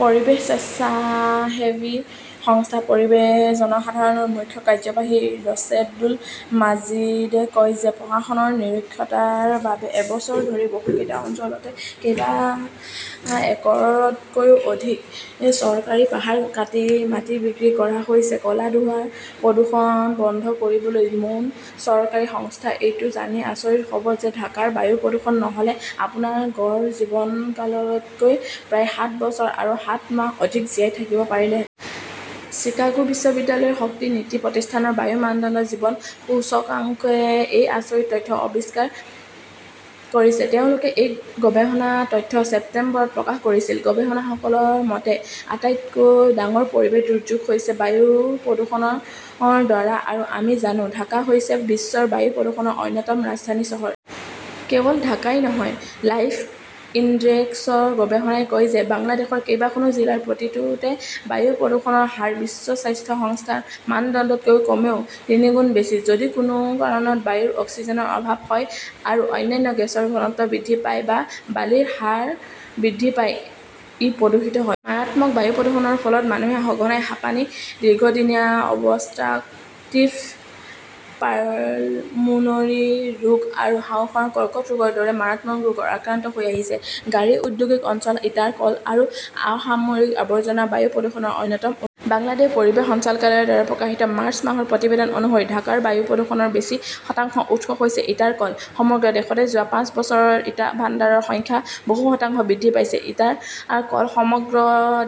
পৰিৱেশ স্বেচ্ছাসেৱী সংস্থা পৰিৱেশ জনসাধাৰণৰ মুখ্য কাৰ্যবাহী ৰছেদুল মাজিদে কয় যে প্ৰশাসনৰ নিৰক্ষৰতাৰ বাবে এবছৰ ধৰি বহুকেইটা অঞ্চলতে কেইবা একৰতকৈও অধিক চৰকাৰী পাহাৰ কাটি মাটি বিক্ৰী কৰা হৈছে। ক'লা ধোঁৱাৰ প্ৰদূষণ বন্ধ কৰিবলৈ মৌন চৰকাৰী সংস্থা এইটো জানি আচৰিত হ'ব যে ঢাকাৰ বায়ু প্ৰদূষণ নহ'লে আপোনাৰ গড় জীৱনকালতকৈ প্ৰায় সাত বছৰ আৰু সাত মাহ অধিক জীয়াই থাকিব পাৰিলেহেঁতেন। চিকাগো বিশ্ববিদ্যালয়ৰ শক্তি নীতি প্ৰতিষ্ঠানৰ বায়ুৰ মানদণ্ডৰ জীৱন সূচকাংকে এই আচৰিত তথ্য আৱিষ্কাৰ কৰিছে। তেওঁলোকে এই গৱেষণা তথ্য ছেপ্টেম্বৰত প্ৰকাশ কৰিছিল। গৱেষকসকলৰ মতে, আটাইতকৈ ডাঙৰ পৰিৱেশ দুৰ্যোগ হৈছে বায়ু প্ৰদূষণৰ দ্বাৰা। আৰু আমি জানো, ঢাকা হৈছে বিশ্বৰ বায়ু প্ৰদূষণৰ অন্যতম ৰাজধানী চহৰ। কেৱল ঢাকাই নহয়, লাইফ ইনডেক্সৰ গৱেষণাই কয় যে বাংলাদেশৰ‌ কেইবাখনো জিলাৰ প্ৰতিটোতে বায়ু প্ৰদূষণৰ হাৰ বিশ্ব স্বাস্থ্য সংস্থাৰ মানদণ্ডতকৈ কমেও তিনিগুণ বেছি। যদি কোনো কাৰণত বায়ুৰ অক্সিজেনৰ অভাৱ হয় আৰু অন্যান্য গেছৰ ঘনত্ব বৃদ্ধি পায় বা বালিৰ হাৰ বৃদ্ধি পায়, ই প্ৰদূষিত হয়। মাৰাত্মক বায়ু প্ৰদূষণৰ ফলত মানুহে সঘনাই হাঁপানি, দীৰ্ঘদিনীয়া অবষ্ট্ৰাকটিভ পালমোনৰী ৰোগ আৰু হাঁওফাঁওৰ কৰ্কট ৰোগৰ দৰে মাৰাত্মক ৰোগত আক্ৰান্ত হৈ আহিছে। গাড়ী, ঔদ্যোগিক অঞ্চল, ইটাৰ কল আৰু অসামৰিক আৱৰ্জনা বায়ু প্ৰদূষণৰ অন্যতম উৎস। বাংলাদেশ পৰিৱেশ সঞ্চালকালয়ৰ দ্বাৰা প্ৰকাশিত মাৰ্চ মাহৰ প্ৰতিবেদন অনুসৰি ঢাকাৰ বায়ু প্ৰদূষণৰ বেছি শতাংশৰ উৎস হৈছে ইটাৰ কল। সমগ্ৰ দেশতে যোৱা পাঁচ বছৰত ইটা ভাণ্ডাৰৰ সংখ্যা বহু শতাংশ বৃদ্ধি পাইছে। ইটাৰ কল সমগ্ৰ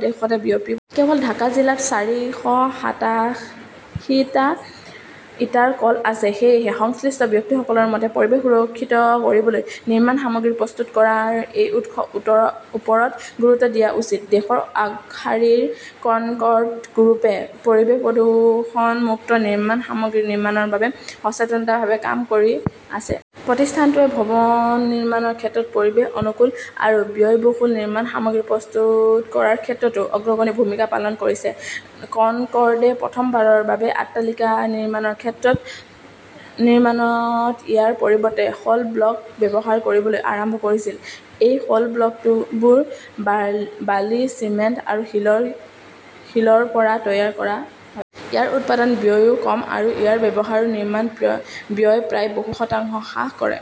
দেশতে বিয়পি পৰিছে। কেৱল ঢাকা জিলাত চাৰিশ সাতাশীটা ইটাৰ কল আছে। সেয়েহে, সংশ্লিষ্ট ব্যক্তিসকলৰ মতে, পৰিৱেশ সুৰক্ষিত কৰিবলৈ নিৰ্মাণ সামগ্ৰী প্ৰস্তুত কৰাৰ এই উৎসৰ ওপৰত গুৰুত্ব দিয়া উচিত। দেশৰ আগশাৰীৰ কনকৰ্ড গ্ৰুপে পৰিৱেশ প্ৰদূষণ মুক্ত নিৰ্মাণ সামগ্ৰী নিৰ্মাণৰ বাবে সচেতনভাৱে কাম কৰি আছে। প্ৰতিষ্ঠানটোৱে ভৱন নিৰ্মাণৰ ক্ষেত্ৰত পৰিৱেশ-অনুকূল আৰু ব্যয়বহুল নিৰ্মাণ সামগ্ৰী প্ৰস্তুত কৰাৰ ক্ষেত্ৰতো অগ্ৰণী ভূমিকা পালন কৰিছে। কনকৰ্ডে প্ৰথমবাৰৰ বাবে অট্টালিকা নিৰ্মাণত ইটাৰ পৰিৱৰ্তে হল ব্লক ব্যৱহাৰ কৰিবলৈ আৰম্ভ কৰিছিল। এই হল ব্লকবোৰ বালি, চিমেণ্ট আৰু শিলৰ শিলৰ পৰা তৈয়াৰ কৰা হয়। ইয়াৰ উৎপাদন ব্যয়ও কম আৰু ইয়াৰ ব্যৱহাৰে নিৰ্মাণ ব্যয় প্ৰায় বহু শতাংশ হ্ৰাস কৰে